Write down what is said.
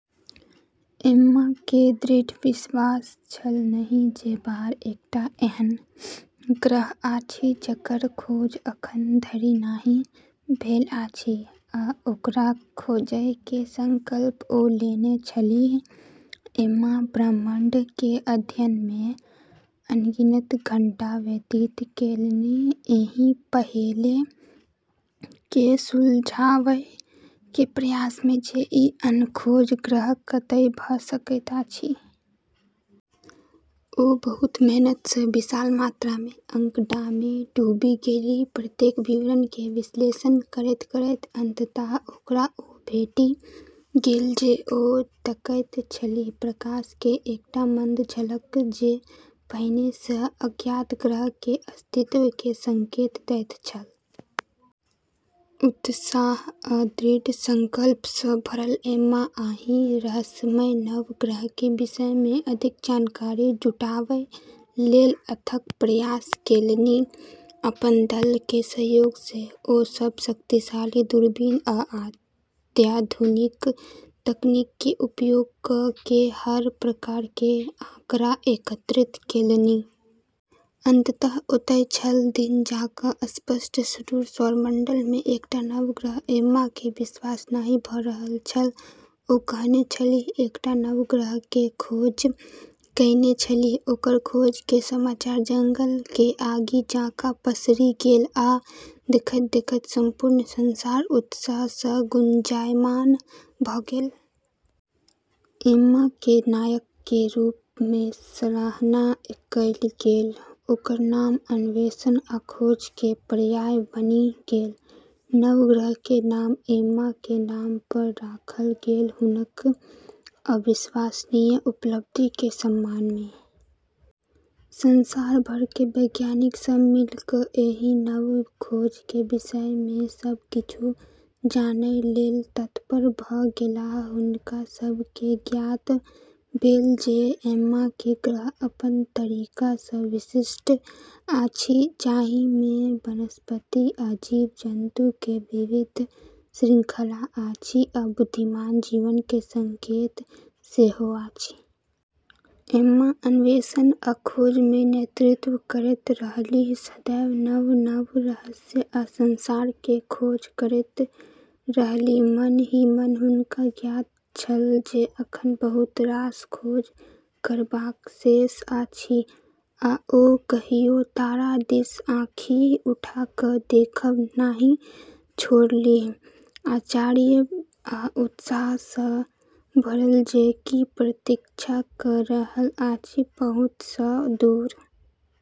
Emma के दृढ़ विश्वास छलन्हि जे बाहर एकटा एहन ग्रह अछि जकर खोज अखन धरि नहि भेल अछि आ ओकरा खोजय के संकल्प ओ लेने छलीह। एम्मा ब्रह्मांड के अध्ययन में अनगिनत घंटा व्यतीत केलनि, एहि पहेली के सुलझावय के प्रयास में जे ई अनखोज ग्रह कतय भऽ सकैत अछि। ओ बहुत मेहनत सँ विशाल मात्रा में आँकड़ामे डूबि गेलीह, प्रत्येक विवरण के विश्लेषण करैत-करैत, अंततः ओकरा ओ भेटि गेल जे ओ तकैत छलीह: प्रकाश के एकटा मंद झलक, जे पहिने सँ अज्ञात ग्रह के अस्तित्व के संकेत दैत छल। उत्साह आ दृढ़ संकल्प सँ भरल एम्मा एहि रहस्यमय नव ग्रह के विषय में अधिक जानकारी जुटावय लेल अथक प्रयास केलनि। अपन दल के सहयोग सँ ओ सब शक्तिशाली दूरबीन आ अत्याधुनिक तकनीक के उपयोग कऽ के हर प्रकार के आँकड़ा एकत्रित केलनि। अंततः, ओतय छल, दिन जकां स्पष्ट: सुदूर सौरमंडल में एकटा नव ग्रह। एम्मा के विश्वास नहि भऽ रहल छल। ओ कहने छलीह, एकटा नव ग्रह के खोज कएने छलीह। ओकर खोज के समाचार जंगल के आगि जकां पसरि गेल आ देखैत-देखैत संपूर्ण संसार उत्साह सँ गुंजायमान भऽ गेल। एम्मा के नायक के रूप में सराहना कएल गेल, ओकर नाम अन्वेषण आ खोज के पर्याय बनि गेल। नव ग्रह के नाम एम्मा के नाम पर राखल गेल, हुनक अविश्वसनीय उपलब्धि के सम्मान में। संसार भर के वैज्ञानिक सब मिल कऽ एहि नव खोज के विषय में सभ किछु जानय लेल तत्पर भऽ गेलाह। हुनका सब के ज्ञात भेल जे एम्मा के ग्रह अपन तरीका सँ विशिष्ट अछि, जहि में वनस्पति आ जीव-जन्तु के विविध श्रृंखला अछि, आ बुद्धिमान जीवन के संकेत सेहो अछि। एम्मा अन्वेषण आ खोज में नेतृत्व करैत रहलीह, सदैव नव-नव रहस्य आ संसार के खोज करैत रहलीह। मन ही मन हुनका ज्ञात छल जे अखन बहुत रास खोज करबाक शेष अछि आ ओ कहियो तारा दिस आँखि उठा कऽ देखब नहि छोड़लीह, आश्चर्य आ उत्साह सँ भरल जे की प्रतीक्षा कऽ रहल अछि, पहुँच सँ दूर।